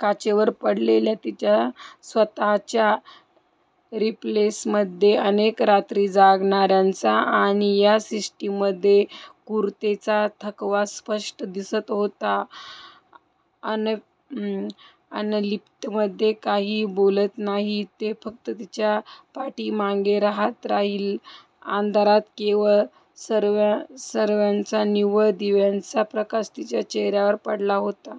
काचेवर पडलेल्या तिच्या स्वतःच्याच रिफ्लेक्शनमध्ये अनेक रात्रींच्या जागरणाचा आणि या सिस्टीमच्या क्रूरतेचा थकवा स्पष्ट दिसत होता. अनॅलिस्ट काहीच बोलला नाही, तो फक्त तिच्या पाठीकडे पाहत राहिला. अंधारात केवळ सर्व्हरच्या निळ्या दिव्यांचा प्रकाश तिच्या चेहऱ्यावर पडला होता.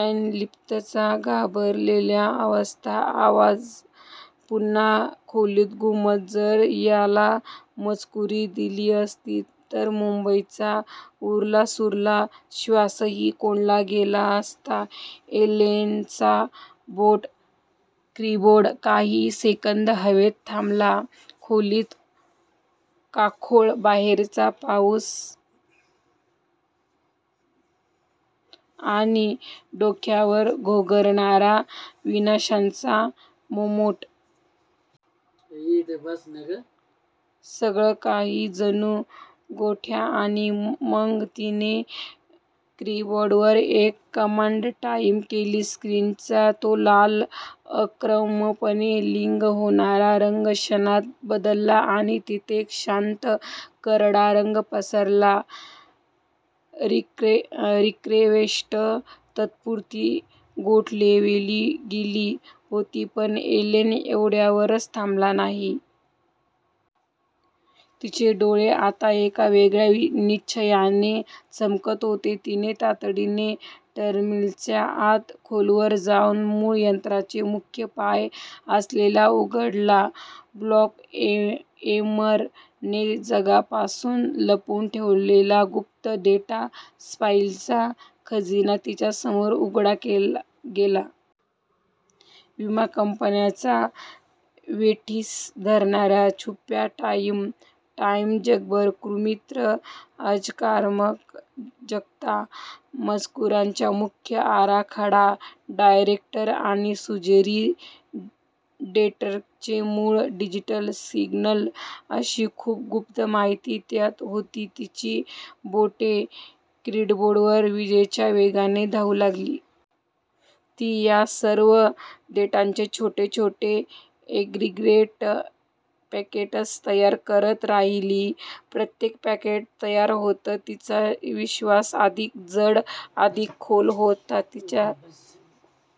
अनॅलिस्टचा घाबरलेला, अस्वस्थ आवाज पुन्हा खोलीत घुमला, जर याला मंजुरी दिली असती, तर मुंबईचा उरलासुरला श्वासही कोंडला गेला असता. एलेनाचं बोट कीबोर्डवर काही सेकंद हवेतच थांबलं. खोलीतला काळोख, बाहेरचा पाऊस आणि डोक्यावर घोंघावणारा विनाशाचा मोमेंटम. सगळं काही जणू गोठलं आणि मग, तिने कीबोर्डवर एक कमांड टाईप केली. स्क्रीनचा तो लाल, आक्रमकपणे ब्लिंक होणारा रंग क्षणात बदलला आणि तिथे एक शांत, करडा रंग पसरला. रिक्वेस्ट तात्पुरती गोठवली गेली होती, पण एलेना एवढ्यावरच थांबली नाही. तिचे डोळे आता एका वेगळ्याच निश्चयाने चमकत होते. तिने तातडीने टर्मिनलच्या आत खोलवर जाऊन मूळ यंत्रणेचा मुख्य पाया असलेला उघडला. 'ब्लॅक एम्बर'ने जगापासून लपवून ठेवलेला गुप्त डेटा फाईल्सचा खजिना तिच्या समोर उघडला गेला. विमा कंपन्यांना वेठीस धरणाऱ्या छुप्या टाईम लाईन्स, जगभर कृत्रिम अराजकता माजवण्याचा मुख्य आराखडा, डायरेक्टर आणि झुरिच डेस्कचे मूळ डिजिटल सिग्नल्स अशी खूप गुप्त माहिती त्यात होती. तिची बोटे कीबोर्डवर विजेच्या वेगाने धावू लागली. ती या सर्व डेटाचे छोटे छोटे एन्क्रिप्टेड पैकेट्स तयार करत राहिली. प्रत्येक पॅकेट तयार होताना तिचा श्वास अधिकच जड, अधिकच खोल होत गेला. तिच्या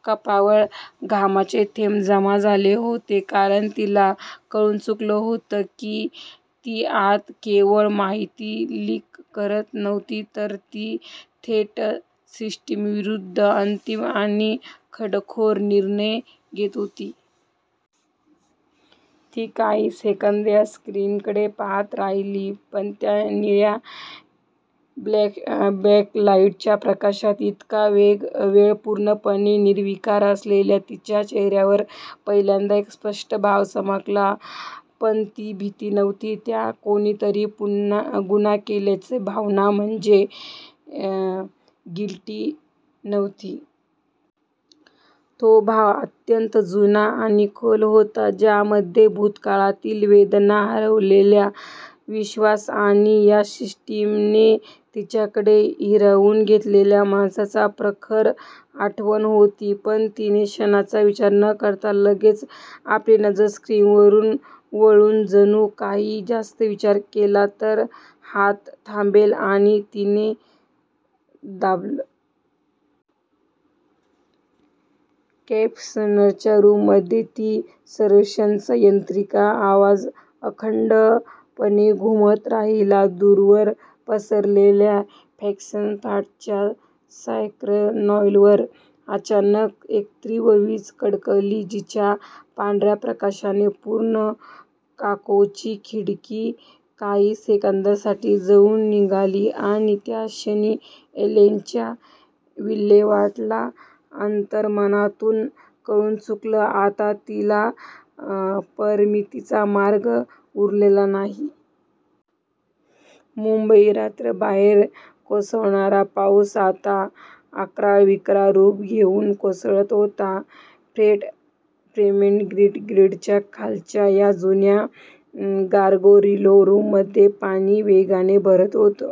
कपाळावर घामाचे थेंब जमा झाले होते. कारण, तिला कळून चुकलं होतं की ती आता केवळ माहिती लीक करत नव्हती तर ती थेट सिस्टीम विरुद्ध अंतिम आणि बंडखोर निर्णय घेत होती. ती काही सेकंद त्या स्क्रीनकडे पाहत राहिली. त्या निळ्या बॅकलाईटच्या प्रकाशात, इतका वेळ पूर्णपणे निर्विकार असलेल्या तिच्या चेहऱ्यावर पहिल्यांदाच एक स्पष्ट भाव चमकला. पण ती भीती नव्हती. त्यात कोणताही गुन्हा केल्याची भावना, म्हणजेच गिल्टही नव्हतं. तो भाव अत्यंत जुना आणि खोल होता ज्यामध्ये भूतकाळातील वेदना, हरवलेला विश्वास आणि या सिस्टीमने तिच्याकडून हिरावून घेतलेल्या माणसांची प्रखर आठवण होती. तिने क्षणाचाही विचार न करता लगेच आपली नजर स्क्रीनवरून वळवली जणू काही जास्त विचार केला, तर हात थांबेल आणि तिने दाबलं. कॉन्फरन्स रूममध्ये तोच सर्व्हरचा यांत्रिक आवाज अखंडपणे घुमत राहिला. दूरवर पसरलेल्या फ्रँकफर्टच्या स्कायलाईनवर अचानक एक तीव्र वीज कडकडली, जिच्या पांढऱ्या प्रकाशाने संपूर्ण काचेची खिडकी काही सेकंदांसाठी उजळून निघाली आणि त्याच क्षणी, एलेना व्होल्कोव्हला अंतर्मनातून कळून चुकलं आता तिला परतीचा मार्ग उरलेला नाही. मुंबई, रात्र. बाहेर कोसळणारा पाऊस आता अक्राळविक्राळ रूप घेऊन कोसळत होता. फ्रेट मेन्टेनन्स ग्रीडच्या खालच्या त्या जुन्या कार्गो रिले रूममध्ये पाणी वेगाने भरत होतं.